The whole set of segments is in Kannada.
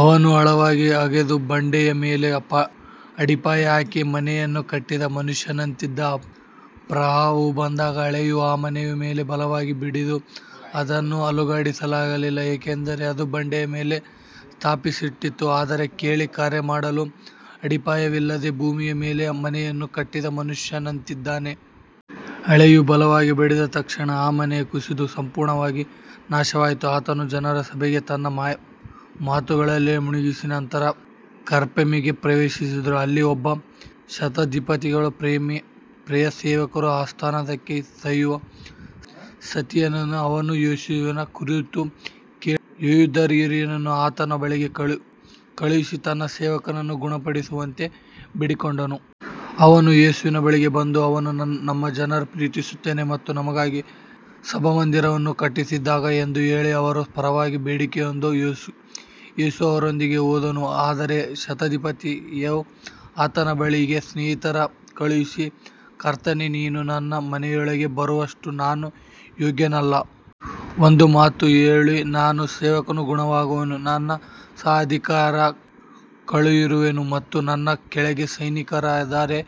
ಅವನು ಆಳವಾಗಿ ಅಗೆದು ಬಂಡೆಯ ಮೇಲೆ ಅಡಿಪಾಯ ಹಾಕಿ ಮನೆಯನ್ನು ಕಟ್ಟಿದ ಮನುಷ್ಯನಂತಿದ್ದಾನೆ. ಪ್ರವಾಹವು ಬಂದಾಗ ಹೊಳೆಯು ಆ ಮನೆಯ ಮೇಲೆ ಬಲವಾಗಿ ಬಡಿದರೂ ಅದನ್ನು ಅಲುಗಾಡಿಸಲಾಗಲಿಲ್ಲ, ಏಕೆಂದರೆ ಅದು ಬಂಡೆಯ ಮೇಲೆ ಸ್ಥಾಪಿಸಲ್ಪಟ್ಟಿತ್ತು. ಆದರೆ ಕೇಳಿ ಕಾರ್ಯಮಾಡದವನು ಅಡಿಪಾಯವಿಲ್ಲದೆ ಭೂಮಿಯ ಮೇಲೆ ಮನೆಯನ್ನು ಕಟ್ಟಿದ ಮನುಷ್ಯನಂತಿದ್ದಾನೆ. ಹೊಳೆಯು ಬಲವಾಗಿ ಬಡಿದ ತಕ್ಷಣ ಆ ಮನೆ ಕುಸಿದು ಸಂಪೂರ್ಣವಾಗಿ ನಾಶವಾಯಿತು. ಆತನು ಜನರ ಸಭೆಗೆ ತನ್ನ ಮಾತುಗಳನ್ನೆಲ್ಲ ಮುಗಿಸಿದ ನಂತರ ಕಪೆರ್ನೌಮಿಗೆ ಪ್ರವೇಶಿಸಿದನು. ಅಲ್ಲಿ ಒಬ್ಬ ಶತಾಧಿಪತಿಯ ಪ್ರಿಯ ಸೇವಕನು ಅಸ್ವಸ್ಥನಾಗಿ ಸಾಯುವ ಸ್ಥಿತಿಯಲ್ಲಿದ್ದನು. ಅವನು ಯೇಸುವಿನ ಕುರಿತು ಕೇಳಿ, ಯೆಹೂದ್ಯರ ಹಿರಿಯರನ್ನು ಆತನ ಬಳಿಗೆ ಕಳುಹಿಸಿ ತನ್ನ ಸೇವಕನನ್ನು ಗುಣಪಡಿಸುವಂತೆ ಬೇಡಿಕೊಂಡನು. ಅವರು ಯೇಸುವಿನ ಬಳಿಗೆ ಬಂದು, ಅವನು ನಮ್ಮ ಜನರನ್ನು ಪ್ರೀತಿಸುತ್ತಾನೆ ಮತ್ತು ನಮಗಾಗಿ ಸಭಾಮಂದಿರವನ್ನು ಕಟ್ಟಿಸಿದ್ದಾನೆ ಎಂದು ಹೇಳಿ ಅವನ ಪರವಾಗಿ ಬೇಡಿಕೊಂಡರು. ಯೇಸು ಅವರೊಂದಿಗೆ ಹೋದನು. ಆದರೆ ಶತಾಧಿಪತಿಯು ಆತನ ಬಳಿಗೆ ಸ್ನೇಹಿತರನ್ನು ಕಳುಹಿಸಿ, ಕರ್ತನೇ, ನೀನು ನನ್ನ ಮನೆಯೊಳಗೆ ಬರುವಷ್ಟು ನಾನು ಯೋಗ್ಯನಲ್ಲ. ಒಂದು ಮಾತು ಹೇಳು, ನನ್ನ ಸೇವಕನು ಗುಣವಾಗುವನು. ನಾನು ಸಹ ಅಧಿಕಾರದ ಕೆಳಗಿರುವವನು ಮತ್ತು ನನ್ನ ಕೆಳಗೆ ಸೈನಿಕರಿದ್ದಾರೆ.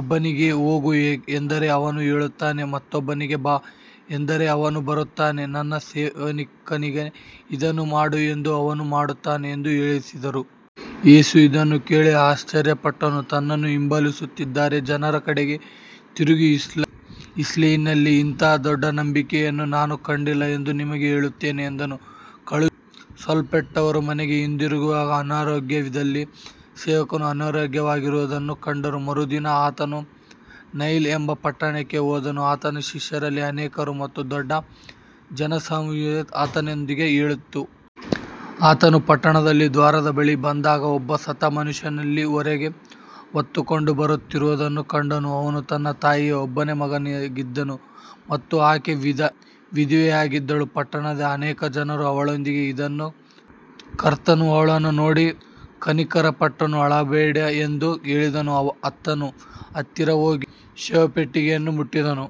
ಒಬ್ಬನಿಗೆ ಹೋಗು ಎಂದರೆ ಅವನು ಹೋಗುತ್ತಾನೆ, ಮತ್ತೊಬ್ಬನಿಗೆ ಬಾ ಎಂದರೆ ಅವನು ಬರುತ್ತಾನೆ, ನನ್ನ ಸೇವಕನಿಗೆ ಇದನ್ನು ಮಾಡು ಎಂದರೆ ಅವನು ಮಾಡುತ್ತಾನೆ ಎಂದು ಹೇಳಿಸಿದನು. ಯೇಸು ಇದನ್ನು ಕೇಳಿ ಆಶ್ಚರ್ಯಪಟ್ಟು ತನ್ನನ್ನು ಹಿಂಬಾಲಿಸುತ್ತಿದ್ದ ಜನರ ಕಡೆಗೆ ತಿರುಗಿ, ಇಸ್ರಾಯೇಲಿನಲ್ಲಿಯೂ ಇಂಥ ದೊಡ್ಡ ನಂಬಿಕೆಯನ್ನು ನಾನು ಕಂಡಿಲ್ಲ ಎಂದು ನಿಮಗೆ ಹೇಳುತ್ತೇನೆ ಎಂದನು. ಕಳುಹಿಸಲ್ಪಟ್ಟವರು ಮನೆಗೆ ಹಿಂದಿರುಗಿದಾಗ ಅನಾರೋಗ್ಯದಲ್ಲಿದ್ದ ಸೇವಕನು ಆರೋಗ್ಯವಾಗಿರುವುದನ್ನು ಕಂಡರು. ಮರುದಿನ ಆತನು ನೈನ್ ಎಂಬ ಪಟ್ಟಣಕ್ಕೆ ಹೋದನು. ಆತನ ಶಿಷ್ಯರಲ್ಲಿ ಅನೇಕರು ಮತ್ತು ದೊಡ್ಡ ಜನಸಮೂಹವು ಆತನೊಂದಿಗೆ ಹೋಯಿತು. ಆತನು ಪಟ್ಟಣದ ದ್ವಾರದ ಬಳಿಗೆ ಬಂದಾಗ, ಒಬ್ಬ ಸತ್ತ ಮನುಷ್ಯನನ್ನು ಹೊರಗೆ ಹೊತ್ತುಕೊಂಡು ಬರುತ್ತಿರುವುದನ್ನು ಕಂಡನು. ಅವನು ತನ್ನ ತಾಯಿಯ ಒಬ್ಬನೇ ಮಗನಾಗಿದ್ದನು ಮತ್ತು ಆಕೆ ವಿಧವೆಯಾಗಿದ್ದಳು. ಪಟ್ಟಣದ ಅನೇಕ ಜನರು ಅವಳೊಂದಿಗೆ ಇದ್ದರು. ಕರ್ತನು ಅವಳನ್ನು ನೋಡಿ ಕನಿಕರಪಟ್ಟು, ಅಳಬೇಡ ಎಂದು ಹೇಳಿದನು. ಆತನು ಹತ್ತಿರ ಹೋಗಿ ಶವಪೆಟ್ಟಿಗೆಯನ್ನು ಮುಟ್ಟಿದನು.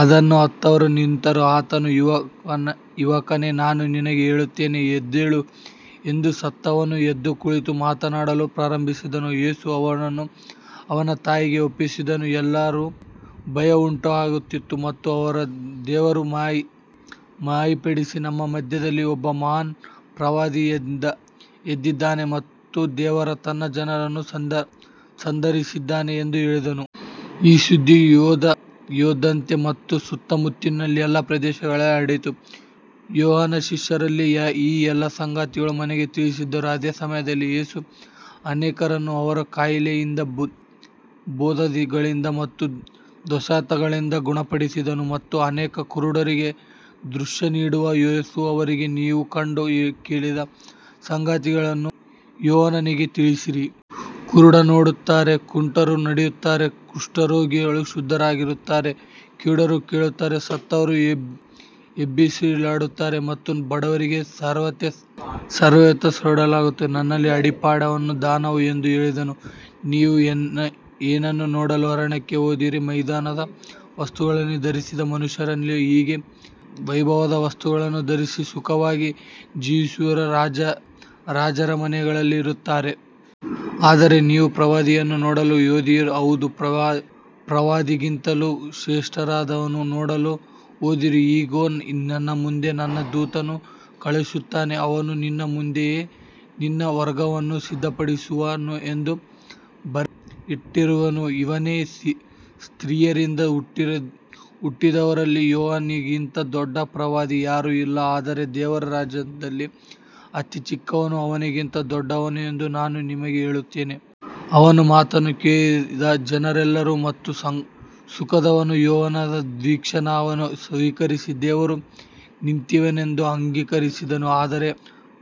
ಅದನ್ನು ಹೊತ್ತವರು ನಿಂತರು. ಆತನು, ಯುವಕನೇ, ನಾನು ನಿನಗೆ ಹೇಳುತ್ತೇನೆ, ಎದ್ದೇಳು ಎಂದನು. ಸತ್ತವನು ಎದ್ದು ಕುಳಿತು ಮಾತನಾಡಲು ಪ್ರಾರಂಭಿಸಿದನು. ಯೇಸು ಅವನನ್ನು ಅವನ ತಾಯಿಗೆ ಒಪ್ಪಿಸಿದನು. ಎಲ್ಲರಿಗೂ ಭಯವುಂಟಾಯಿತು ಮತ್ತು ಅವರು ದೇವರನ್ನು ಮಹಿಮೆಪಡಿಸಿ, ನಮ್ಮ ಮಧ್ಯದಲ್ಲಿ ಒಬ್ಬ ಮಹಾನ್ ಪ್ರವಾದಿ ಎದ್ದಿದ್ದಾನೆ ಮತ್ತು ದೇವರು ತನ್ನ ಜನರನ್ನು ಸಂದರ್ಶಿಸಿದ್ದಾನೆ ಎಂದು ಹೇಳಿದರು. ಈ ಸುದ್ದಿಯು ಯೂದಾಯದಾದ್ಯಂತ ಮತ್ತು ಸುತ್ತಮುತ್ತಲಿನ ಎಲ್ಲಾ ಪ್ರದೇಶಗಳಲ್ಲೂ ಹರಡಿತು. ಯೋಹಾನನ ಶಿಷ್ಯರು ಈ ಎಲ್ಲ ಸಂಗತಿಗಳನ್ನು ಅವನಿಗೆ ತಿಳಿಸಿದರು. ಅದೇ ಸಮಯದಲ್ಲಿ ಯೇಸು ಅನೇಕರನ್ನು ಅವರ ಕಾಯಿಲೆಗಳಿಂದ, ಬಾಧೆಗಳಿಂದ ಮತ್ತು ದುಷ್ಟಾತ್ಮಗಳಿಂದ ಗುಣಪಡಿಸಿದನು ಮತ್ತು ಅನೇಕ ಕುರುಡರಿಗೆ ದೃಷ್ಟಿ ನೀಡಿದನು. ಯೇಸು ಅವರಿಗೆ, ನೀವು ಕಂಡು ಕೇಳಿದ ಸಂಗತಿಗಳನ್ನು ಯೋಹಾನನಿಗೆ ತಿಳಿಸಿರಿ. ಕುರುಡರು ನೋಡುತ್ತಾರೆ, ಕುಂಟರು ನಡೆಯುತ್ತಾರೆ, ಕುಷ್ಠರೋಗಿಗಳು ಶುದ್ಧರಾಗುತ್ತಾರೆ, ಕಿವುಡರು ಕೇಳುತ್ತಾರೆ, ಸತ್ತವರು ಎಬ್ಬಿಸಲ್ಪಡುತ್ತಾರೆ ಮತ್ತು ಬಡವರಿಗೆ ಸುವಾರ್ತೆ ಸಾರಲ್ಪಡುತ್ತದೆ. ನನ್ನಲ್ಲಿ ಅಡ್ಡಿಪಡದವನು ಧನ್ಯನು ಎಂದು ಹೇಳಿದನು. ನೀವು ಏನನ್ನು ನೋಡಲು ಅರಣ್ಯಕ್ಕೆ ಹೋದಿರಿ. ಮೃದುವಾದ ವಸ್ತ್ರಗಳನ್ನು ಧರಿಸಿದ ಮನುಷ್ಯನನ್ನೋ. ಇಗೋ, ವೈಭವದ ವಸ್ತ್ರಗಳನ್ನು ಧರಿಸಿ ಸುಖವಾಗಿ ಜೀವಿಸುವವರು ರಾಜರ ಅರಮನೆಗಳಲ್ಲಿ ಇರುತ್ತಾರೆ. ಆದರೆ ನೀವು ಪ್ರವಾದಿಯನ್ನು ನೋಡಲು ಹೋದಿರೋ. ಹೌದು, ಪ್ರವಾದಿಗಿಂತಲೂ ಶ್ರೇಷ್ಠನಾದವನನ್ನು ನೋಡಲು ಹೋದಿರಿ. ಇಗೋ, ನಿನ್ನ ಮುಂದೆ ನನ್ನ ದೂತನನ್ನು ಕಳುಹಿಸುತ್ತೇನೆ, ಅವನು ನಿನ್ನ ಮುಂದೆಯೇ ನಿನ್ನ ಮಾರ್ಗವನ್ನು ಸಿದ್ಧಪಡಿಸುವನು ಎಂದು ಬರೆಯಲ್ಪಟ್ಟಿರುವವನು ಇವನೇ. ಸ್ತ್ರೀಯರಿಂದ ಹುಟ್ಟಿದವರಲ್ಲಿ ಯೋಹಾನನಿಗಿಂತ ದೊಡ್ಡ ಪ್ರವಾದಿ ಯಾರೂ ಇಲ್ಲ. ಆದರೆ ದೇವರ ರಾಜ್ಯದಲ್ಲಿ ಅತಿ ಚಿಕ್ಕವನೂ ಅವನಿಗಿಂತ ದೊಡ್ಡವನು ಎಂದು ನಾನು ನಿಮಗೆ ಹೇಳುತ್ತೇನೆ. ಅವನ ಮಾತನ್ನು ಕೇಳಿದ ಜನರೆಲ್ಲರೂ ಮತ್ತು ಸುಂಕದವರೂ ಯೋಹಾನನ ದೀಕ್ಷಾಸ್ನಾನವನ್ನು ಸ್ವೀಕರಿಸಿ ದೇವರು ನೀತಿವಂತನೆಂದು ಅಂಗೀಕರಿಸಿದರು. ಆದರೆ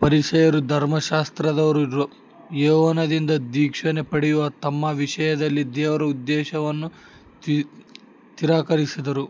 ಫರಿಸಾಯರೂ ಧರ್ಮಶಾಸ್ತ್ರಜ್ಞರೂ ಯೋಹಾನನಿಂದ ದೀಕ್ಷಾಸ್ನಾನ ಪಡೆಯದೆ ತಮ್ಮ ವಿಷಯದಲ್ಲಿ ದೇವರ ಉದ್ದೇಶವನ್ನು ತಿರಸ್ಕರಿಸಿದರು.